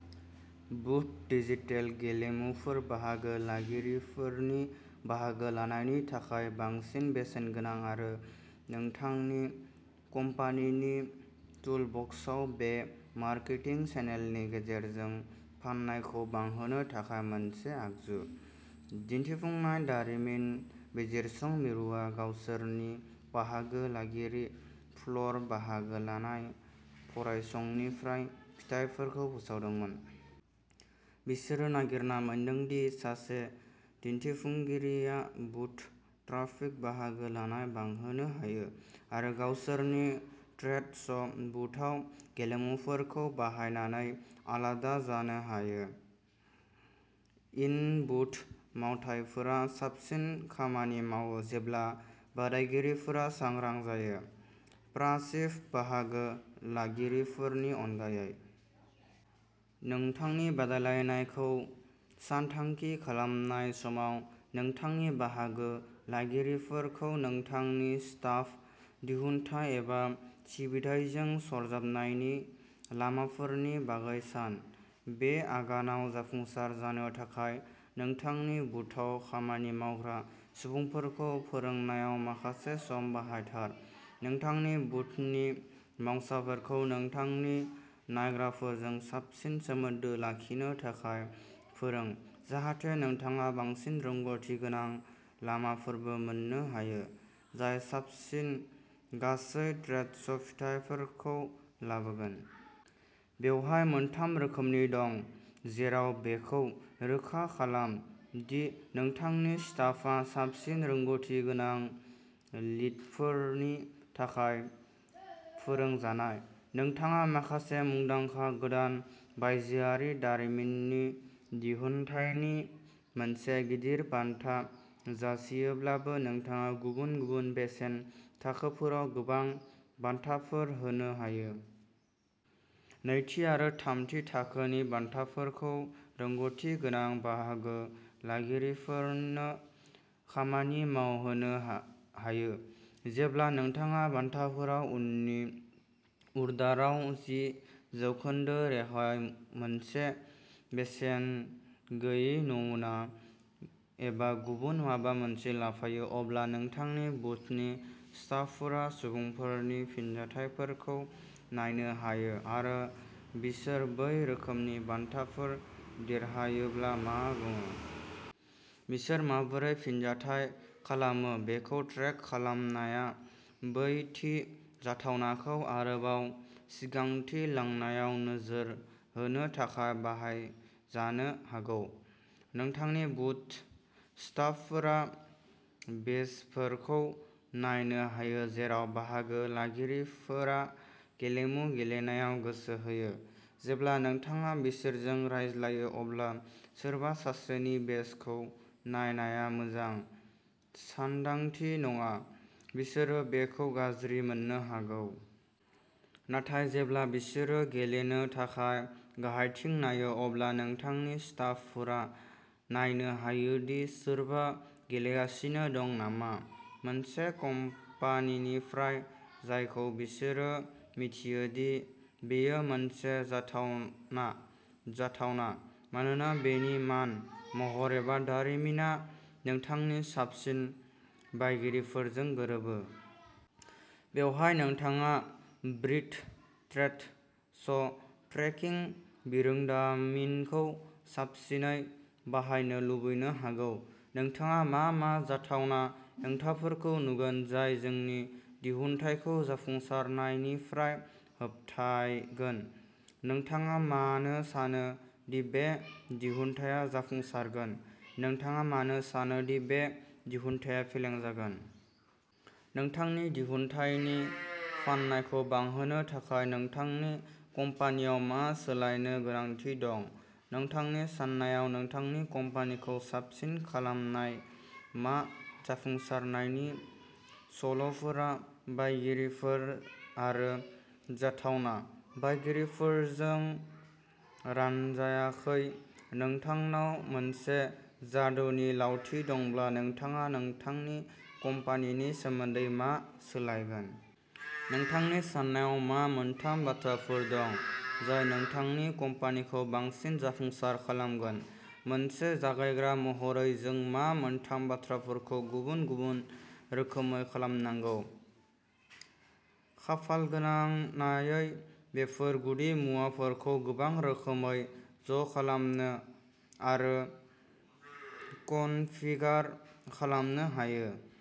बुथ, digital गेलेमुफोरा बाहागो लागिरिफोरनि बाहागो लानायनि थाखाय बांसिन बेसेनगोनां आरो नोंथांनि कम्पानिनि टुलबक्सआव बे मार्केटिं चेनेलनि गेजेरजों फाननायखौ बांहोनो थाखाय मोनसे आगजु। दिन्थिफुंनाय दारिमिन बिजिरसं मिरुआ गावसोरनि बाहागो लागिरि फ्लर बाहागो लानाय फरायसंनिफ्राय फिथायफोरखौ फोसावदोंमोन। बिसोरो नागिरना मोनदों दि सासे दिन्थिफुंगिरिया बुथ ट्राफिक बाहागो लानाय बांहोनो हायो आरो गावसोरनि ट्रेड श'बुथआव गेलेमुफोरखौ बाहायनानै आलादा जानो हायो। इन-बुथ मावथायफोरा साबसिन खामानि मावो जेब्ला बादायगिरिफोरा सांग्रां जायो, पासिभ बाहागो लागिरिफोरनि अनगायै। नोंथांनि बादायलायनायखौ सानथांखि खालामनाय समाव, नोंथांनि बाहागो लागिरिफोरखौ नोंथांनि स्टाफ, दिहुनथाइ एबा सिबिथाइजों सरजाबनायनि लामाफोरनि बागै सान। बे आगानाव जाफुंसार जानो थाखाय, नोंथांनि बुथआव खामानि मावग्रा सुबुंफोरखौ फोरोंनायाव माखासे सम बाहायथार। नोंथांनि बुथनि मावसाफोरखौ नोंथांनि नायग्राफोरजों साबसिन सोमोन्दो लाखिनो थाखाय फोरों, जाहाथे नोंथाङा बांसिन रोंग'थि गोनां लामाफोरबो मोन्नो हायो, जाय साबसिन गासै ट्रेड श' फिथाइफोरखौ लाबोगोन। बेवहाय मोनथाम थाखोफोर दं जेराव बेखौ रोखा खालाम दि नोंथांनि स्टाफआ साबसिन रोंग'थि गोनां लिडफोरनि थाखाय फोरोंजानाय। नोंथाङा माखासे मुंदांखा गोदान बायजोआरि दारिमिननि दिहुनथायनि मोनसे गिदिर बान्था जासियोब्लाबो, नोंथाङा गुबुन गुबुन बेसेन थाखोफोराव गोबां बान्थाफोर होनो हायो। नैथि आरो थामथि थाखोनि बान्थाफोरखौ रोंग'थि गोनां बाहागो लागिरिफोरनो खामानि मावहोनो हायो। जेब्ला नोंथाङा बान्थाफोराव उननि अर्डाराव जि जौखोन्दो रेहाय, मोनसे बेसेन गैयै नमुना, एबा गुबुन माबा मोनसे लाफायो, अब्ला नोंथांनि बुथनि स्टाफफोरा सुबुंफोरनि फिनजाथायफोरखौ नायनो हायो आरो बिसोर बै रोखोमनि बान्थाफोर देरहायोब्ला मा बुङो। बिसोर माबोरै फिनजाथाय खालामो बेखौ ट्रेक खालामनाया बै थि जाथावनाखौ आरोबाव सिगांथिं लांनायाव नोजोर होनो थाखाय बाहायजानो हागौ। नोंथांनि बुथ स्टाफफोरा बेजफोरखौ नायनो हायो, जेराव बाहागो लागिरिफोरा गेलेमु गेलेनायाव गोसो होयो। जेब्ला नोंथाङा बिसोरजों रायज्लायो, अब्ला सोरबा सासेनि बेजखौ नायनाया मोजां सानदांथि नङा बिसोरो बेखौ गाज्रि मोननो हागौ। नाथाय जेब्ला बिसोरो गेलेनो थाखाय गाहायथिं नायो, अब्ला नोंथांनि स्टाफफोरा नायनो हायो दि सोरबा गेलेगासिनो दं नामा। मोनसे कम्पानिनिफ्राय जायखौ बिसोरो मिथियो दि बेयो मोनसे जाथावना जाथावना, मानोना बेनि मान, महर एबा दारिमिना नोंथांनि साबसिन बायगिरिफोरजों गोरोबो। बेवहाय नोंथाङा ब्रिद ट्रेड श'ट्रेकिं बिरोंदामिनखौ साबसिनै बाहायनो लुबैनो हागौ। नोंथाङा मा मा जाथावना हेंथाफोरखौ नुगोन जाय जोंनि दिहुनथायखौ जाफुंसारनायनिफ्राय होबथायगोन। नोंथाङा मानो सानो दि बे दिहुनथाया जाफुंसारगोन? नोंथाङा मानो सानो दि बे दिहुनथाया फेलें जागोन? नोंथांनि दिहुनथायनि फाननायखौ बांहोनो थाखाय नोंथांनि कम्पानिआव मा सोलायनो गोनांथि दं? नोंथांनि सान्नायाव, नोंथांनि कम्पानिखौ साबसिन खालामनाय मा जाफुंसारनायनि सल'फोरा बायगिरिफोर आरो जाथावना बायगिरिफोरजों रानजायाखै? नोंथांनाव मोनसे जादुनि लावथि दंब्ला नोंथाङा नोंथांनि कम्पानिनि सोमोन्दै मा सोलायगोन? नोंथांनि सान्नायाव मा मोनथाम बाथ्राफोर दं जाय नोंथांनि कम्पानिखौ बांसिन जाफुंसार खालामगोन? मोनसे जगायग्रा महरै जों मा मोनथाम बाथ्राफोरखौ गुबुन-गुबुन रोखोमै खालामनांगौ? खाफालगोनांनायै, बेफोर गुदि मुवाफोरखौ गोबां रोखोमै ज'खालामनो आरो कनफिगार खालामनो हायो।